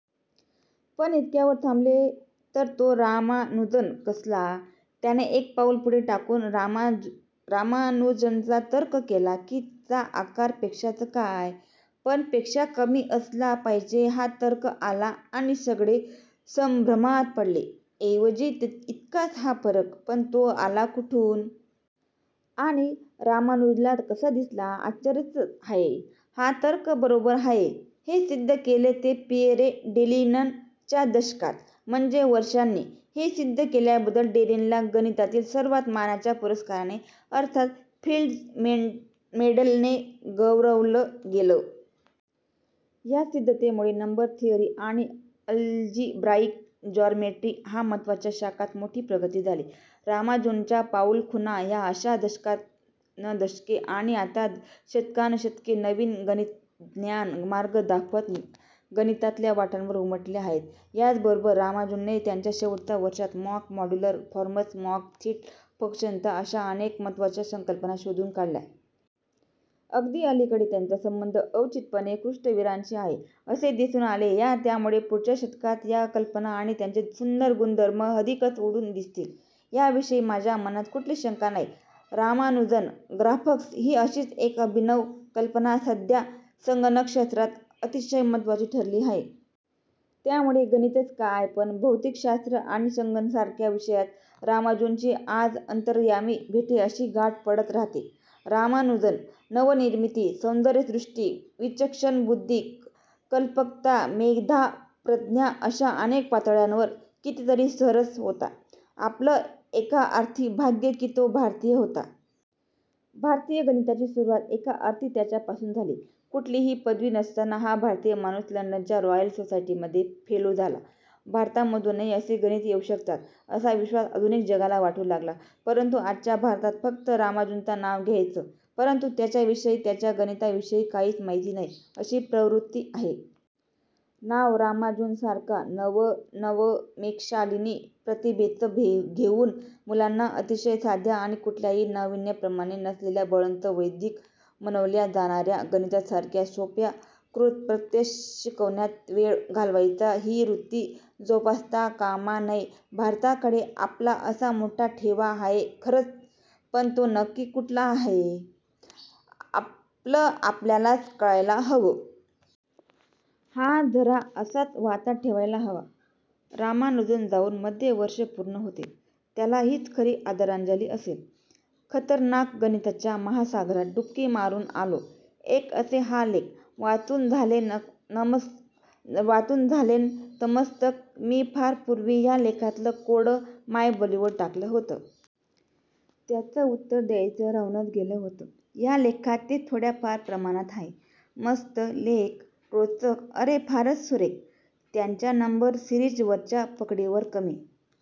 पण इतक्यावर थांबेल तर तो रामानुजन कसला! त्याने एक पाऊल पुढे टाकून 'रामानुजनचा तर्क' केला, की चा आकार पेक्षाच काय, पण. पेक्षा कमी असला पाहिजे. हा तर्क आला, आणि सगळे संभ्रमात पडले. ऐवजी इतकाच हा फरक, पण तो आला कुठून?! आणि रामानुजनला कसा दिसला?! आश्चर्यच आहे. हा तर्क बरोबर आहे, हे सिद्ध केलं ते पिअरे डेलिननं च्या दशकात, म्हणजे वर्षांनी. हे सिद्ध केल्याबद्दल डेलिनला गणितातील सर्वात मानाच्या पुरस्काराने अर्थात 'फिल्ड्स मेडल'ने गौरवलं गेलं. ह्या सिद्धतेमुळे नंबर थिअरी आणि अल्जिब्राईक जॉमेट्री ह्या महत्त्वाच्या शाखांत मोठी प्रगती झाली. रामानुजनच्या पाऊलखुणा ह्या अश्या दशकानुदशके आणि आता शतकानुशतके नवीन गणितज्ञांना मार्ग दाखवत गणितातल्या वाटांवर उमटल्या आहेत. ह्याचबरोबर रामानुजनने त्याच्या शेवटच्या वर्षांत mock modular forms, mock theta functions अश्या अनेक महत्त्वाच्या संकल्पना शोधून काढल्या. अगदी अलीकडे त्यांचा संबंध अवचितपणे कृष्णविवरांशी आहे असे दिसून आले आहे. त्यामुळे पुढच्या शतकात ह्या कल्पना आणि त्यांचे सुंदर गुणधर्म अधिकच उठून दिसतील, ह्याविषयी माझ्या मनात कुठलीच शंका नाही. रामानुजन ग्राफ्स ही अशीच एक अभिनव कल्पना सध्या संगणकशास्त्रात अतिशय महत्त्वाची ठरली आहे. त्यामुळे गणितच काय पण भौतिकशास्त्र आणि संगणकासारख्या विषयांत रामानुजनशी 'आज अंतर्यामी भेटे' अशी गाठ पडत राहते. रामानुजन नवनिर्मिती, सौंदर्यदृष्टी, विचक्षण बुद्धी, कल्पकता, मेधा, प्रज्ञा अश्या अनेक पातळ्यांवर कितीतरी सरस होता. आपलं एका अर्थी भाग्य की तो भारतीय होता. भारतीय गणिताची सुरवात एका अर्थी त्याच्यापासून झाली. कुठलीही पदवी नसताना हा भारतीय माणूस लंडनच्या रॉयल सोसायटीमध्ये फेलो झाला. भारतामधूनही असे गणिती येऊ शकतात, असा विश्वास आधुनिक जगाला वाटू लागला. परंतु आजच्या भारतात फक्त रामानुजनचं नाव घ्यायचं, परंतु त्याच्याविषयी, त्याच्या गणिताविषयी काहीच माहिती नाही, अशी प्रवृत्ती आहे. नाव रामानुजनसारख्या नवनवोन्मेषशालिनी प्रतिभेचं घेऊन मुलांना अतिशय साध्या आणि कुठल्याही नावीन्यपूर्ण नसलेल्या बळंच वैदिक म्हणवल्या जाणार्या गणितासारख्या सोप्या क्लृप्त्या शिकवण्यात वेळ घालवायचा, ही वृत्ती जोपासता कामा नये. भारताकडे आपला असा मोठा ठेवा आहे हे खरंच, पण तो नक्की कुठला, हे आपलं आपल्यालाच कळायला हवं. हा झरा असाच वाहता ठेवायला हवा. रामानुजन जाऊन मध्ये वर्षं पूर्ण होतील. त्याला हीच खरी आदरांजली असेल. _/\_खतरनाकगणिताच्या महासागरात डुबकी मारून आलो एक असे हा लेख वाचून झालेनतमस्तक _/\_मी फार पूर्वी ह्या लेखातलं कोडं मायबोलीवर टाकलं होतं. त्याचं उत्तर द्यायचं राहूनच गेलं होतं. ह्या लेखात ते थोड्याफार प्रमाणात आहे. मस्त लेख, रोचक! अरे फारच सुरेख. त्याच्या नंबर सिरिज वरच्या पकडीवर कमी